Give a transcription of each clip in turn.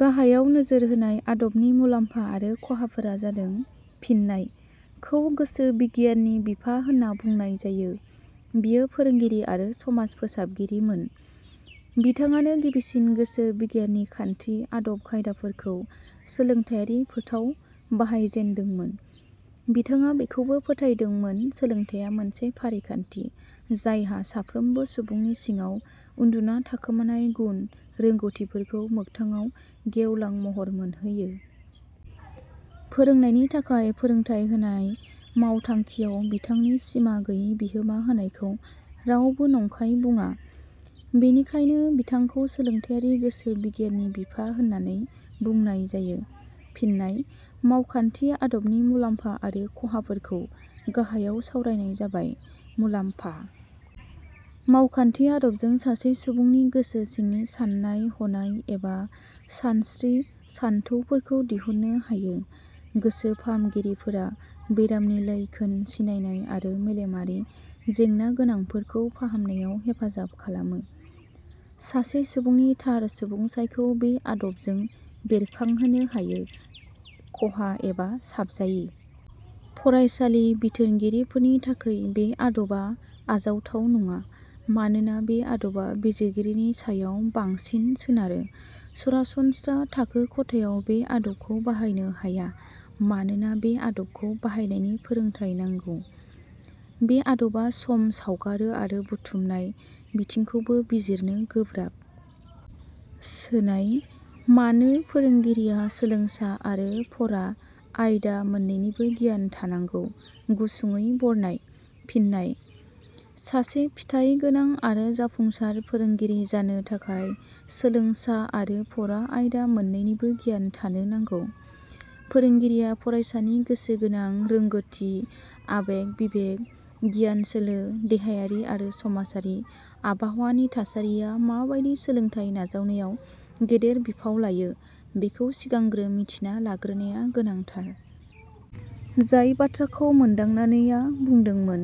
गाहायाव नोजोर होनाय आदबनि मुलामफा आरो खहाफोरा जादों- फिननाय: खौ गोसो बिगियाननि बिफा होनना बुंनाय जायो। बियो फोरोंगिरि आरो समाज फोसाबगिरिमोन। बिथाङानो गिबिसिन गोसो बिगियाननि खान्थि, आदब खायदाफोरखौ सोलोंथाइयारि फोथाव बाहायजेनदोंमोन। बिथाङा बेखौबो फोथाइदोंमोन सोलोंथाइया मोनसे फारिखान्थि जायहा साफ्रोमबो सुबुंनि सिङाव उन्दुना थाखोमानाय गुन, रोंगौथिफोरखौ मोगथाङाव गेवलां महर मोनहोयो। फोरोंनायनि थाखाय फोरोंथाइ होनाय मावथांखिआव बिथांनि सिमा गैयि बिहोमा होनायखौ रावबो नंखाय बुङा। बेनिखायनो बिथांखौ सोलोंथाइयारि गोसो बिगियाननि बिफा होन्नानै बुंनाय जायो। फिननाय: मावखान्थि आदबनि मुलाम्फा आरो खहाफोरखौ गाहायाव सावरायनाय जाबाय। मुलाम्फा:. मावखान्थि आदबजों सासे सुबुंनि गोसो सिंनि सान्नाय-हनाय एबा सानस्त्रि- सानथौफोरखौ दिहुन्नो हायो।. गोसो फाहामगिरिफोरा बेरामनि लैखोन सिनायनाय आरो मेलेमारि जेंनागोनांफोरखौ फाहामनायाव हेफाजाब खालामो।. सासे सुबुंनि थार सुबुंसाइखौ बे आदबजों बेरखांहोनो हायो। खहा एबा साबजायि:. फरायसालि बिथोनगिरिफोरनि थाखै बे आदबा आजावथाव नडा मानोना बे आदबा बिजिरगिरिनि सायाव बांसिन सोनारो।. सरासनत्रा थाखो खथायाव बे आदबखौ बाहायनो हाया मानोना बे आदबखौ बाहायनायनि फोरोंथाइ नांगौ।. बे आदबा सम सावगारो आरो बुथुमनाय बिथिंखौबो बिजिरनो गोब्राब। सोनाय: मानो फोरोंगिरिया सोलोंसा आरो फरा आयदा मोननैनिबो गियान थानांगौ गुसुङै बरनाय। फिननाय: सासे फिथाइगोना आरो जाफुंसार फोरोंगिरि जानो थाखाय सोलोंसा आरो फरा आयदा मोन्नैनिबो गियान थानो नांगौ। फोरोंगिरिया फरायसानि गोसो गोनां, रोंगोथि, आबेग-बिबेक, गियानसोलो, देहायारि आरो समाजारि आबहावानि थासारिया माबादि सोलोंथाइ नाजावनायाव गेदेर बिफाव लायो बेखौ सिगांग्रो मिथिना लाग्रोनाया गोनांथार। जाय बाथ्राखौ मोन्दांनानै आ बुंदोंमोन,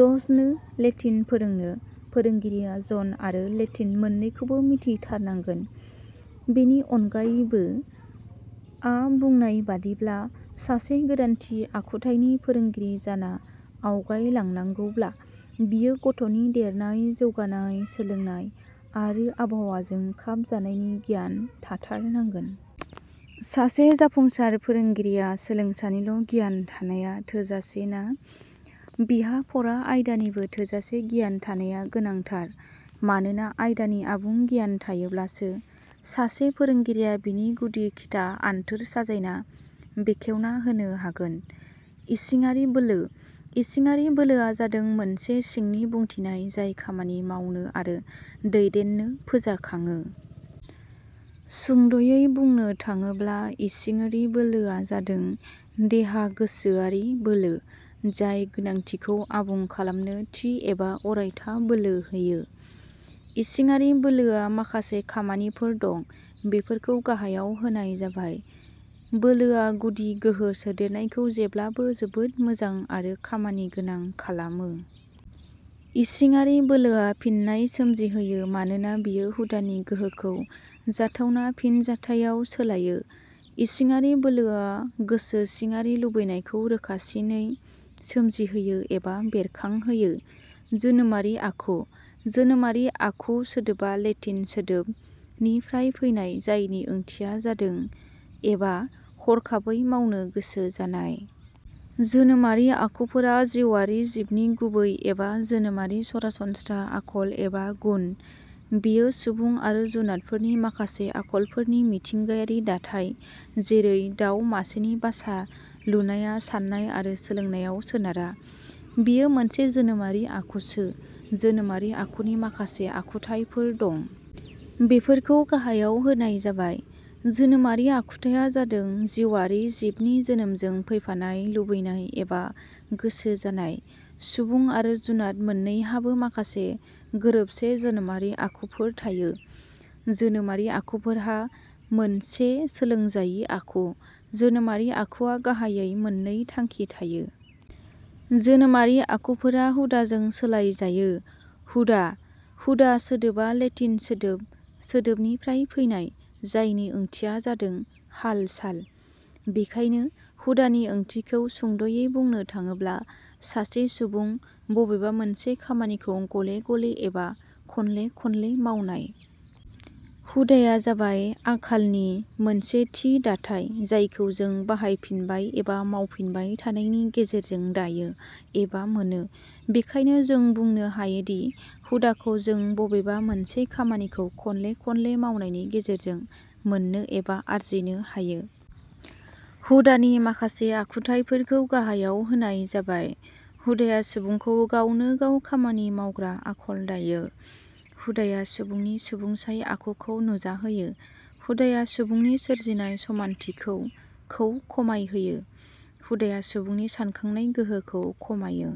"जजनो लेटिन फोरोंनो, फोरोंगिरिया ज'न अरो लेटिन मोननैखौबो मिथि थारनांगोन। " बेनि अनगायैबो.. आ बुंनाय बादिब्ला – सासे गोदानथि आखुथाइनि फोरोंगिरि जाना आवगायलांनांगौब्ला बियो गथ'नि देरनाय, जौगानाय, सोलोंनाय आरो आबहावाजों खाब जानायनि गियान थाथारनांगोन। सासे जाफुंसार फोरोंगिरिया सोलोंसानिल' गियान थानाया थोजासे ना। बिहा फरा आयदानिबो थोजासे गियान थानाया गोनांथार। मानोना आयदानि आबुं गियान थायोब्लासो सासे फोरोंगिरिया बिनि गुदि – खिथा, आन्थोर साजायना बेखेवना होनो हागोन। इसिङारि बोलो: इसिङारि बोलोआ जादों मोनसे सिंनि बुंथिनाय जाय खामानि मावनो आरो दैदेननो फोजाखाङो। सुंद 'यै बुंनो थाङोब्ला इसिङोरि बोलोआ जादों देहा गोसोयारि बोलो जाय गोनांथिखौ आबुं खालामनो थि एबा अरायथा बोलो होयो। इसिङारि बोलोआ माखासे खामानिफोर दं। बेफोरखौ गाहायाव होनाय जाबाय- बोलोआ गुदि गोहो सोदेरनायखौ जेब्लाबो जोबोद मोजां आरो खामानि गोनां खालामो। इसिङारि बोलोआ फिननाय सोमजिहोयो मानोना बेयो हुदानि गोहोखौ जाथावना फिनजाथाइयाव सोलायो। इसिङारि बोलोआ गोसो सिङारि लुबैनायखौ रोखासिनयै सोमजिहोयो एबा बेरखांहोयो। जोनोमारि आखु: जोनोमारि आखु सोदोबा लेटिन सोदोब '' निफ्राय फैनाय जायनि ओंथिया जादों '' एबा हरखाबै मावनो गोसो जानाय। जोनोमारि आखुफोरा जिउआरि जिबनि गुबै एबा जोनोमारि सरासनस्रा आखल एबा गुन। बेयो सुबुं आरो जुनादफोरनि माखासे आखलफोरनि मिथिंगायारि दाथाय जैरै- दाव मासेनि बासा लुनाया साननाय आरो सोलोंनायाव सोनारा, बेयो मोनसे जोनोमारि आखुसो। जोनोमारि आखुनि माखासे आखुथाइफोर दं। बेफोरखौ गाहायाव होनाय जाबाय – जोनोमारि आखुथाइया जादों जिउ आरि जिबनि जोनोमजों फैफानाय लुबैनाय एबा गोसो जानाय। सुबुं आरो जुनाद मोननैहाबो माखासे गोरोबसे जोनोमारि आखुफोर थायो। जोनोमारि आखुफोरा मोनसे सोलोंजायि आखु। जोनोमारि आखुआ गाहाइयै मोननै थांखि थायो। जोनोमारि आखुफोरा हुदाजों सोलाय जायो। हुदा: हुदा सोदोबआ लेटिन सोदोब '' सोदोबनिफ्राय फैनाय जायनि ओंथिया जादों- हाल-साल। बेखायनो हुदानि ओंथिखौ सुंद'यै बुंनो थाङोब्ला सासे सुबुं बबेबा मोनसे खामानिखौ गले-गले एबा खनले खनले मावनाय। हुदाया जाबाय आखालनि मोनसे थि दाथाय जायखौ जों बाहायफिनबाय एबा मावफिनबाय थानायनि गेजेरजों दायो एबा मोनो। बेखायनो, जों बुंनो हायोदि हुदाखौ जों बबेबा मोनसे खामानिखौ खनले खनले मावनायनि गेजेरजों मोननो एबा आरजिनो हायो। हुदानि माखासे आखुथाइफोरखौ गाहायाव होनाय जाबाय हुदाया सुबुंखौ गावनो गाव खामानि मावग्रा आखल दायो। हुदाया सुबुंनि सुबुंसाय आखुखौ नुजाहोयो। हुदाया सुबुंनि सोरजिनाय समानथिखौ खौ खमायहोयो। हुदाया सुबुंनि सानखांनाय गोहोखौ खमायो।